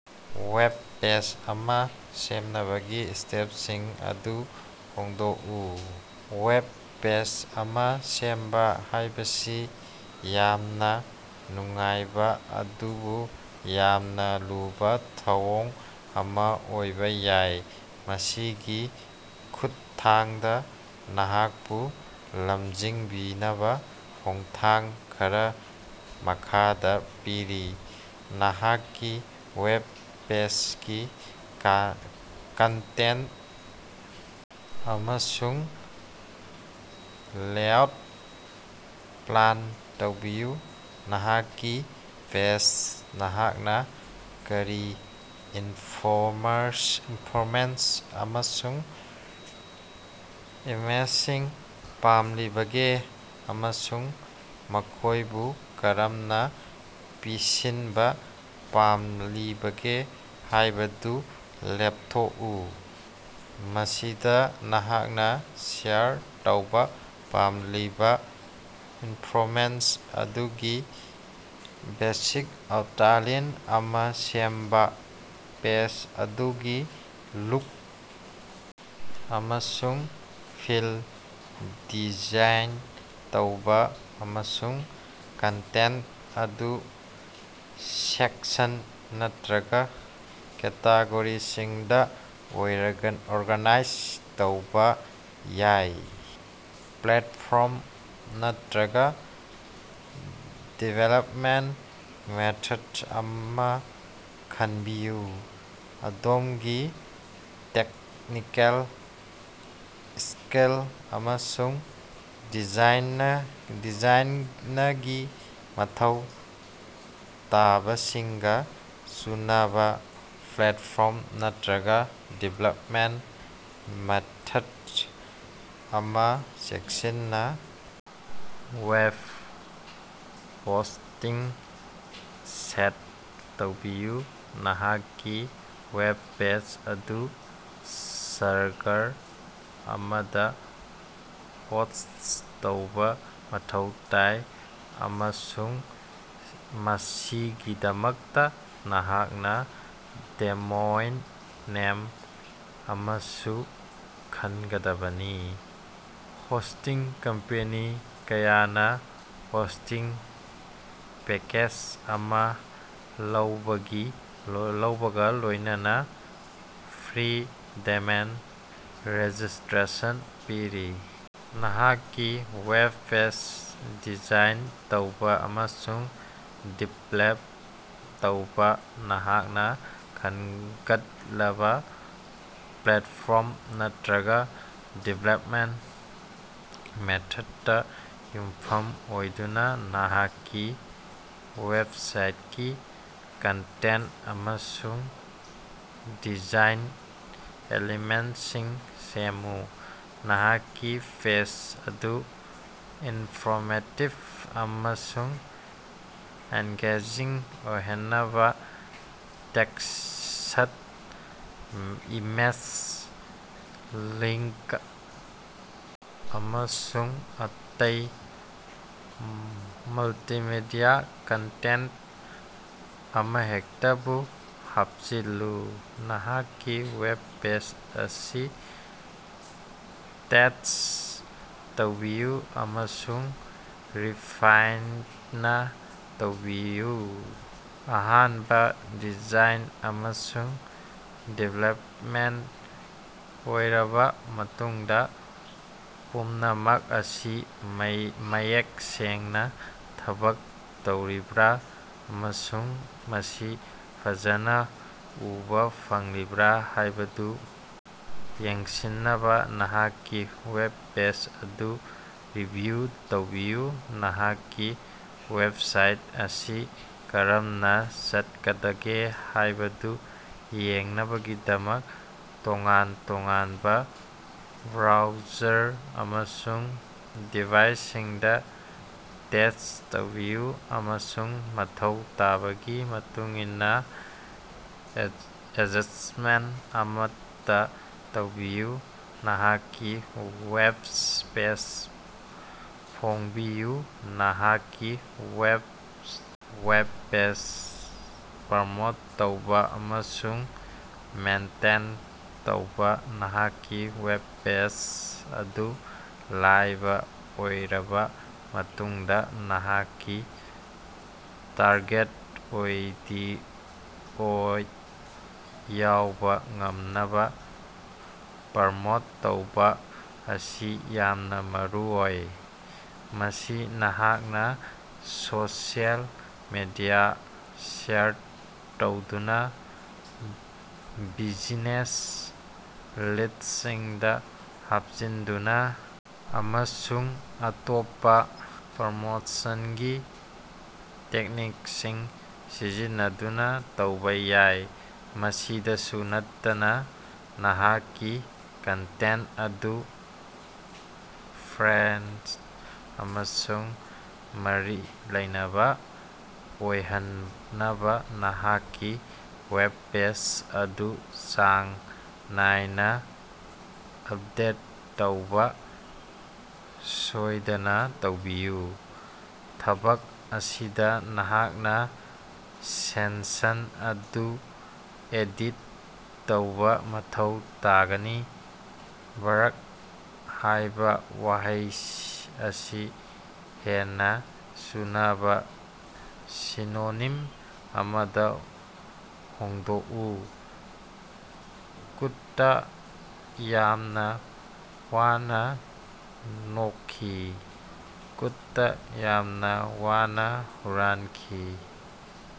Web page ꯑꯃ ꯁꯦꯝꯅꯕꯒꯤ ꯁ꯭ꯇꯦꯄꯁꯤꯡ ꯑꯗꯨ ꯐꯣꯡꯗꯣꯛꯎ꯫ ꯋꯦꯕ ꯄꯦꯖ ꯑꯃ ꯁꯦꯝꯕ ꯍꯥꯏꯕꯁꯤ ꯌꯥꯝꯅ ꯅꯨꯡꯉꯥꯏꯕ ꯑꯗꯨꯕꯨ ꯌꯥꯝꯅꯥ ꯂꯨꯕꯥ ꯊꯧꯑꯣꯡ ꯑꯃ ꯑꯣꯏꯕ ꯌꯥꯏ꯫ ꯃꯁꯤꯒꯤ ꯈꯨꯠꯊꯥꯡꯗꯥ ꯅꯍꯥꯛꯄꯨ ꯂꯝꯖꯤꯡꯕꯤꯅꯕ ꯈꯣꯡꯊꯥꯡ ꯈꯔꯥ ꯃꯈꯥꯗ ꯄꯤꯔꯤ: ꯅꯍꯥꯛꯀꯤ ꯋꯦꯕ ꯄꯦꯖꯒꯤ ꯀꯟꯇꯦꯟꯇ ꯑꯃꯁꯨꯡ ꯂꯦꯑꯥꯎꯠ ꯄ꯭ꯂꯥꯟ ꯇꯧꯕꯤꯌꯨ: ꯅꯍꯥꯛꯀꯤ ꯄꯦꯖ ꯅꯍꯥꯛꯅ ꯀꯔꯤ ꯏꯟꯐꯣꯔꯃꯔꯁ ꯏꯟꯐꯣꯔꯃꯦꯟꯁ ꯑꯃꯁꯨꯡ ꯏꯃꯦꯖꯁꯤꯡ ꯄꯥꯝꯂꯤꯕꯒꯦ ꯑꯃꯁꯨꯡ ꯃꯈꯣꯏꯕꯨ ꯀꯔꯝꯅ ꯄꯤꯁꯤꯟꯕ ꯄꯥꯝꯂꯤꯕꯒꯦ ꯍꯥꯏꯕꯗꯨ ꯂꯦꯞꯊꯣꯛꯎ꯫ ꯃꯁꯤꯗ ꯅꯍꯥꯛꯅ ꯁꯦꯌꯔ ꯇꯧꯕꯥ ꯄꯥꯝꯂꯤꯕꯥ ꯏꯟꯐꯣꯔꯃꯦꯁꯟ ꯑꯗꯨꯒꯤ ꯕꯦꯁꯤꯛ ꯑꯥꯎꯇꯥꯂꯤꯟ ꯑꯃ ꯁꯦꯝꯕꯥ, ꯄꯦꯖ ꯑꯗꯨꯒꯤ ꯂꯨꯛ ꯑꯃꯁꯨꯡ ꯐꯤꯜ ꯗꯤꯖꯥꯏꯟ ꯇꯧꯕꯥ, ꯑꯃꯁꯨꯡ ꯀꯟꯇꯦꯟꯇ ꯑꯗꯨ ꯁꯦꯛꯁꯟ ꯅꯠꯇꯔꯒꯥ ꯀꯦꯇꯥꯒꯣꯔꯤꯁꯤꯡꯗ ꯑꯣꯢꯔꯒ ꯑꯣꯔꯒꯥꯅꯥꯏꯖ ꯇꯧꯕꯥ ꯌꯥꯏ꯫ ꯄ꯭ꯂꯦꯠꯐꯣꯔꯝ ꯅꯠꯇ꯭ꯔꯒꯥ ꯗꯤꯕꯦꯂꯄꯃꯦꯟꯇ ꯃꯦꯊꯗ ꯑꯃꯥ ꯈꯟꯕꯤꯌꯨ: ꯑꯗꯣꯝꯒꯤ ꯇꯦꯛꯅꯤꯀꯦꯜ ꯁ꯭ꯀꯤꯜ ꯑꯃꯁꯨꯡ ꯗꯤꯖꯥꯏꯅ ꯗꯤꯖꯥꯢꯟꯅꯒꯤ ꯃꯊꯧ ꯇꯥꯕꯁꯤꯡꯒ ꯆꯨꯅꯕ ꯄ꯭ꯂꯦꯠꯐꯣꯔꯝ ꯅꯠꯔꯒꯥ ꯗꯤꯕꯦꯂꯄꯃꯦꯟꯇ ꯃꯦꯊꯗ ꯑꯃꯥ ꯆꯦꯛꯁꯤꯟꯅ ꯋꯦꯕ ꯍꯣꯁꯇꯤꯡ ꯁꯦꯠ ꯇꯧꯕꯤꯌꯨ: ꯅꯍꯥꯛꯀꯤ ꯋꯦꯕ ꯄꯦꯖ ꯑꯗꯨ ꯁꯔꯒꯔ ꯑꯃꯗ ꯍꯣꯁꯠ ꯇꯧꯕꯥ ꯃꯊꯧ ꯇꯥꯏ, ꯑꯃꯁꯨꯡ ꯃꯁꯤꯒꯤꯗꯃꯛꯇꯥ ꯅꯍꯥꯛꯅꯥ ꯗꯣꯃꯦꯏꯟ ꯅꯦꯝ ꯑꯃꯁꯨ ꯈꯟꯒꯗꯕꯅꯤ꯫ ꯍꯣꯁꯇꯤꯡ ꯀꯝꯄꯦꯅꯤ ꯀꯌꯥꯅ ꯍꯣꯁꯇꯤꯡ ꯄꯦꯀꯦꯖ ꯑꯃꯥ ꯂꯧꯕꯒꯤ ꯂꯧꯕꯒ ꯂꯣꯏꯅꯅ ꯐ꯭ꯔꯤ ꯗꯦꯃꯦꯟ ꯔꯦꯖꯤꯁꯇꯔꯦꯁꯟ ꯄꯤꯔꯤ꯫ ꯅꯍꯥꯛꯀꯤ ꯋꯦꯕ ꯄꯦꯖ ꯗꯤꯖꯥꯏꯟ ꯇꯧꯕꯥ ꯑꯃꯁꯨꯡ ꯗꯤꯕꯦꯂꯞ ꯇꯧꯕꯥ: ꯅꯍꯥꯛꯅ ꯈꯟꯒꯠꯂꯕ ꯄ꯭ꯂꯦꯠꯐꯣꯔꯝ ꯅꯠꯔꯒꯥ ꯗꯤꯕꯦꯂꯄꯃꯦꯟꯇ ꯃꯦꯊꯗꯇꯥ ꯌꯨꯝꯐꯝ ꯑꯣꯏꯗꯨꯅꯥ ꯅꯍꯥꯛꯀꯤ ꯋꯦꯕꯁꯥꯏꯇꯀꯤ ꯀꯟꯇꯦꯟꯇ ꯑꯃꯁꯨꯡ ꯗꯤꯖꯥꯏꯟ ꯑꯦꯂꯤꯃꯦꯟꯇꯁꯤꯡ ꯁꯦꯝꯃꯨ꯫ ꯅꯍꯥꯛꯀꯤ ꯄꯦꯖ ꯑꯗꯨ ꯏꯅꯐꯣꯔꯃꯦꯇꯤꯚ ꯑꯃꯁꯨꯡ ꯑꯦꯡꯒꯦꯖꯤꯡ ꯑꯣꯏꯍꯟꯅꯕꯥ ꯇꯦꯛꯁꯠ, ꯏꯃꯦꯖ, ꯂꯤꯡꯀ, ꯑꯃꯁꯨꯡ ꯑꯇꯩ ꯃꯜꯇꯤꯃꯤꯗꯤꯌꯥ ꯀꯟꯇꯦꯟꯇ ꯑꯃꯍꯦꯛꯇꯕꯨ ꯍꯥꯄꯆꯤꯜꯂꯨ꯫ ꯅꯍꯥꯛꯀꯤ ꯋꯦꯕ ꯄꯦꯖ ꯑꯁꯤ ꯇꯦꯁ꯭ꯠ ꯇꯧꯕꯤꯌꯨ ꯑꯃꯁꯨꯡ ꯔꯤꯐꯥꯏꯟꯅꯥ ꯇꯧꯕꯤꯌꯨ: ꯑꯍꯥꯅꯕꯥ ꯗꯤꯖꯥꯏꯟ ꯑꯃꯁꯨꯡ ꯗꯤꯕꯦꯂꯄꯃꯦꯟꯇ ꯂꯣꯏꯔꯕꯥ ꯃꯇꯨꯡꯗꯥ, ꯄꯨꯝꯅꯃꯛ ꯑꯁꯤ ꯃꯌꯦꯛ ꯁꯦꯡꯅꯥ ꯊꯕꯛ ꯇꯧꯔꯤꯕ꯭ꯔꯥ ꯑꯃꯁꯨꯡ ꯃꯁꯤ ꯐꯖꯅꯥ ꯎꯕꯥ ꯐꯪꯂꯤꯕ꯭ꯔꯥ ꯍꯥꯏꯕꯗꯨ ꯌꯦꯡꯁꯤꯟꯅꯕꯥ ꯅꯍꯥꯛꯀꯤ ꯋꯦꯕ ꯄꯦꯖ ꯑꯗꯨ ꯔꯤꯚꯤꯌꯨ ꯇꯧꯕꯤꯌꯨ꯫ ꯅꯍꯥꯛꯀꯤ ꯋꯦꯕꯁꯥꯏꯠ ꯑꯁꯤ ꯀꯔꯝꯅꯥ ꯆꯠꯀꯗꯒꯦ ꯍꯥꯏꯕꯗꯨ ꯌꯦꯡꯅꯕꯒꯤꯗꯃꯛ ꯇꯣꯉꯥꯟ-ꯇꯣꯉꯥꯟꯕ ꯕ꯭ꯔꯥꯎꯖꯔ ꯑꯃꯁꯨꯡ ꯗꯤꯚꯥꯏꯁꯁꯤꯡꯗꯥ ꯇꯦꯁꯠ ꯇꯧꯕꯤꯌꯨ ꯑꯃꯁꯨꯡ ꯃꯊꯧ ꯇꯥꯕꯒꯤ ꯃꯇꯨꯡꯏꯟꯅꯥ ꯑꯦꯗꯖꯁꯇꯃꯦꯟꯇ ꯑꯃꯠꯇꯥ ꯇꯧꯕꯤꯌꯨ꯫ ꯅꯍꯥꯛꯀꯤ ꯋꯦꯕ ꯄꯦꯖ ꯐꯣꯡꯕꯤꯌꯨ: ꯅꯍꯥꯛꯀꯤ ꯋꯦꯕ ꯋꯦꯕ ꯄꯦꯖ ꯄ꯭ꯔꯃꯣꯠ ꯇꯧꯕꯥ ꯑꯃꯁꯨꯡ ꯃꯦꯟꯇꯦꯟ ꯇꯧꯕꯥ: ꯅꯍꯥꯛꯀꯤ ꯋꯦꯕ ꯄꯦꯖ ꯑꯗꯨ ꯂꯥꯏꯕ ꯑꯣꯏꯔꯕꯥ ꯃꯇꯨꯡꯗꯥ ꯅꯍꯥꯛꯀꯤ ꯇꯥꯔꯒꯦꯠ ꯑꯣꯗꯤꯑꯣ ꯌꯧꯕꯥ ꯉꯝꯅꯕꯥ ꯄ꯭ꯔꯃꯣꯠ ꯇꯧꯕꯥ ꯑꯁꯤ ꯌꯥꯝꯅꯥ ꯃꯔꯨꯑꯣꯏ꯫ ꯃꯁꯤ ꯅꯍꯥꯛꯅꯥ ꯁꯣꯁꯤꯑꯦꯜ ꯃꯤꯗꯤꯌꯥ ꯁꯦꯌꯔ ꯇꯧꯗꯨꯅꯥ, ꯕꯤꯖꯤꯅꯦꯁ ꯂꯤꯠꯁꯁꯤꯡꯗꯥ ꯍꯥꯄꯆꯤꯟꯗꯨꯅꯥ, ꯑꯃꯁꯨꯡ ꯑꯇꯣꯞꯄꯥ ꯄ꯭ꯔꯃꯣꯠꯁꯅꯒꯤ ꯇꯦꯛꯅꯤꯛꯁꯤꯡ ꯁꯤꯖꯤꯟꯅꯗꯨꯅꯥ ꯇꯧꯕꯥ ꯌꯥꯏ꯫ ꯃꯁꯤꯗꯁꯨ ꯅꯠꯇꯅꯥ, ꯅꯍꯥꯛꯀꯤ ꯀꯟꯇꯦꯟꯇ ꯑꯗꯨ ꯐ꯭ꯔꯦꯟ ꯑꯃꯁꯨꯡ ꯃꯔꯤ ꯂꯩꯅꯕꯥ ꯑꯣꯏꯍꯟꯅꯕꯥ ꯅꯍꯥꯛꯀꯤ ꯋꯦꯕ ꯄꯦꯖ ꯑꯗꯨ ꯆꯥꯡ ꯅꯥꯏꯅꯥ ꯑꯄꯗꯦꯠ ꯇꯧꯕꯥ ꯁꯣꯌꯗꯅꯥ ꯇꯧꯕꯤꯌꯨ꯫ ꯊꯕꯛ ꯑꯁꯤꯗꯥ ꯅꯍꯥꯛꯅꯥ ꯁꯦꯟꯁꯟ ꯑꯗꯨ ꯑꯦꯗꯤꯠ ꯇꯧꯕꯥ ꯃꯊꯧ ꯇꯥꯒꯅꯤ꯫ "ꯕꯥꯔꯛ" ꯍꯥꯏꯕꯥ ꯋꯥꯍꯩ ꯑꯁꯤ ꯍꯦꯟꯅꯥ ꯆꯨꯅꯕꯥ ꯁꯤꯅꯣꯅꯤꯝ ꯑꯃꯗꯥ ꯍꯣꯡꯗꯣꯛꯎ꯫ ꯀꯨꯠꯇꯥ ꯌꯥꯝꯅ ꯋꯥꯅꯥ ꯅꯣꯛꯈꯤ꯫ ꯀꯨꯠꯇꯥ ꯌꯥꯝꯅ ꯋꯥꯅ ꯍꯨꯔꯥꯟꯈꯤ꯫।